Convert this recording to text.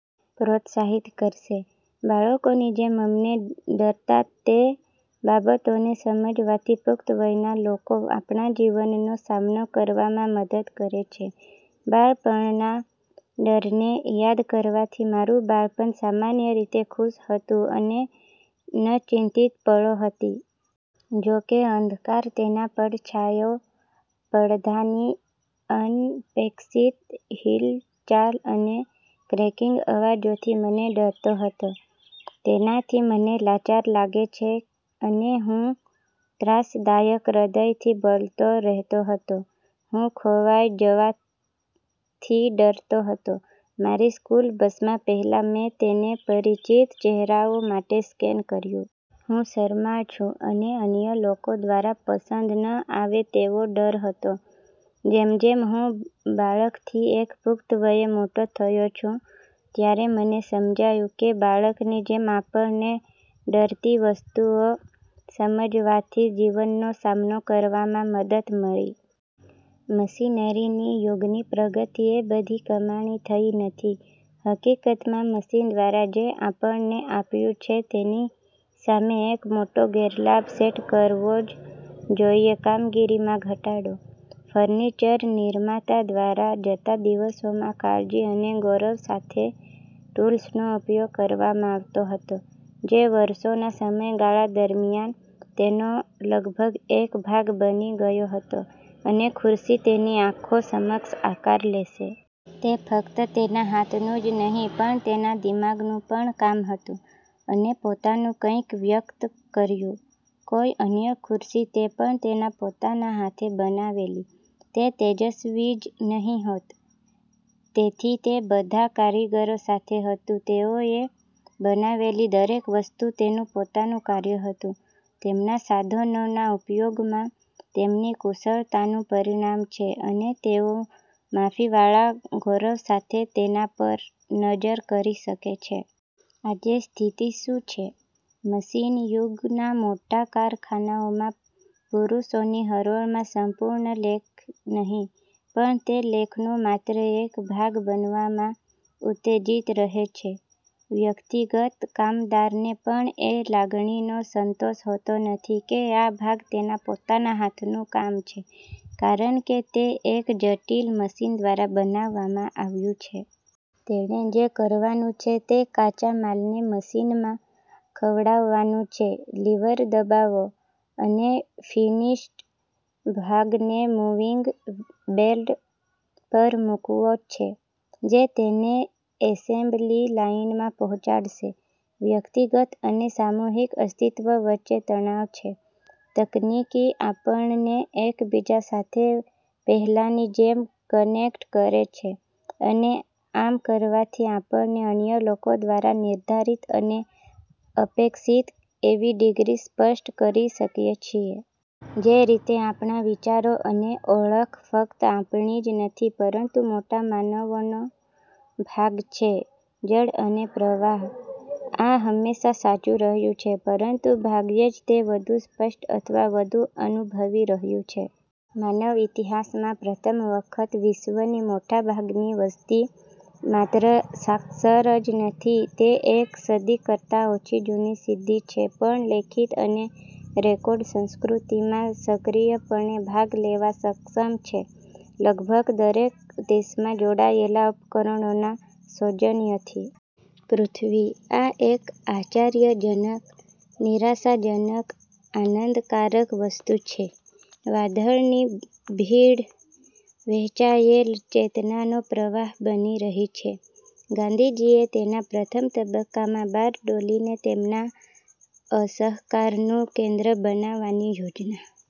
પ્રોત્સાહિત કરશે. બાળકોની જેમ અમને ડરતા તે બાબતોને સમજવાથી પુખ્ત વયના લોકો આપણા જીવનનો સામનો કરવામાં મદદ કરે છે. બાળપણના ડરને યાદ કરવાથી મારું બાળપણ સામાન્ય રીતે ખુશ હતું અને નચિંત પળો હતી. જો કે, અંધકાર તેના પડછાયાઓ, પડધાની અનપેક્ષિત હિલચાલ અને ક્રેકીંગ અવાજોથી મને ડરતો હતો. તેનાથી મને લાચાર લાગે છે અને હું ત્રાસદાયક હૃદયથી બોલતો રહેતો હતો. હું ખોવાઈ જવાથી ડરતો હતો. મારી સ્કૂલ બસમાં પહેલા, મેં તેને પરિચિત ચહેરાઓ માટે સ્કેન કર્યું. હું શરમાળ છું અને અન્ય લોકો દ્વારા પસંદ ન આવે તેવો ડર હતો. જેમ જેમ હું બાળકથી એક પુખ્ત વયે મોટો થયો છું, ત્યારે મને સમજાયું કે બાળકની જેમ આપણને ડરતી વસ્તુઓ સમજવાથી જીવનનો સામનો કરવામાં મદદ મળી. મશીનરીની યુગની પ્રગતિ એ બધી કમાણી થઈ નથી, હકીકતમાં મશીન દ્વારા જે આપણને આપ્યું છે તેની સામે એક મોટો ગેરલાભ સેટ કરવો જ જોઇએ કારીગરીમાં ઘટાડો. ફર્નિચર- નિર્માતા દ્વારા જતા દિવસોમાં કાળજી અને ગૌરવ સાથે ટૂલ્સનો ઉપયોગ કરવામાં આવતો હતો, જે વર્ષોના સમયગાળા દરમિયાન, તેનો લગભગ એક ભાગ બની ગયો હતો, અને ખુરશી તેની આંખો સમક્ષ આકાર લેશે. તે ફક્ત તેના હાથનું જ નહીં પણ તેના દિમાગનું પણ કામ હતું, અને પોતાનું કંઈક વ્યક્ત કર્યું. કોઈ અન્ય ખુરશી, તે પણ તેના પોતાના હાથે બનાવેલી, તે જેવી જ નહીં હોત. તેથી તે બધા કારીગરો સાથે હતું તેઓએ બનાવેલી દરેક વસ્તુ તેનું પોતાનું કાર્ય હતું, તેમના સાધનોના ઉપયોગમાં તેમની કુશળતાનું પરિણામ છે અને તેઓ માફીવાળા ગૌરવ સાથે તેના પર નજર કરી શકે છે. આજે સ્થિતિ શું છે? મશીન યુગના મોટા કારખાનાઓમાં, પુરુષોની હરોળમાં સંપૂર્ણ લેખ નહીં, પણ તે લેખનો માત્ર એક ભાગ બનાવવામાં ઉત્તેજીત રહે છે. વ્યક્તિગત કામદારને પણ એ લાગણીનો સંતોષ હોતો નથી કે આ ભાગ તેના પોતાના હાથનું કામ છે, કારણ કે તે એક જટિલ મશીન દ્વારા બનાવવામાં આવ્યું છે. તેણે જે કરવાનું છે તે કાચા માલને મશીનમાં ખવડાવવાનું છે, લિવર દબાવો અને ફિનિશ્ડ ભાગને મૂવિંગ બેલ્ટ પર મૂકવો છે, જે તેને એસેમ્બલી લાઇનમાં પહોંચાડશે. વ્યક્તિગત અને સામૂહિક અસ્તિત્વ વચ્ચે તણાવ છે. તકનીકી આપણને એકબીજા સાથે પહેલાંની જેમ કનેક્ટ કરે છે, અને આમ કરવાથી આપણે અન્ય લોકો દ્વારા નિર્ધારિત અને અપેક્ષિત એવી ડિગ્રી સ્પષ્ટ કરી શકીએ છીએ. જે રીતે આપણા વિચારો અને ઓળખ ફક્ત આપણી જ નથી, પરંતુ મોટા માનવનો ભાગ છે જડ અને પ્રવાહ. આ હંમેશાં સાચું રહ્યું છે પરંતુ ભાગ્યે જ તે વધુ સ્પષ્ટ અથવા વધુ અનુભવી રહ્યું છે. માનવ ઇતિહાસમાં પ્રથમ વખત, વિશ્વની મોટાભાગની વસ્તી માત્ર સાક્ષર જ નથી તે એક સદી કરતાં ઓછી જૂની સિદ્ધિ છે પણ લેખિત અને રેકોર્ડ સંસ્કૃતિમાં સક્રિયપણે ભાગ લેવા સક્ષમ છે, લગભગ દરેક દેશમાં જોડાયેલા ઉપકરણોના સૌજન્યથી. પૃથ્વી. આ એક આશ્ચર્યજનક, નિરાશાજનક, આનંદકારક વસ્તુ છે. વાદળની ભીડ, વહેંચાયેલ ચેતનાનો પ્રવાહ બની રહી છે. ગાંધીજીએ તેના પ્રથમ તબક્કામાં બારડોલીને તેમના અસહકારનું કેન્દ્ર બનાવવાની યોજના.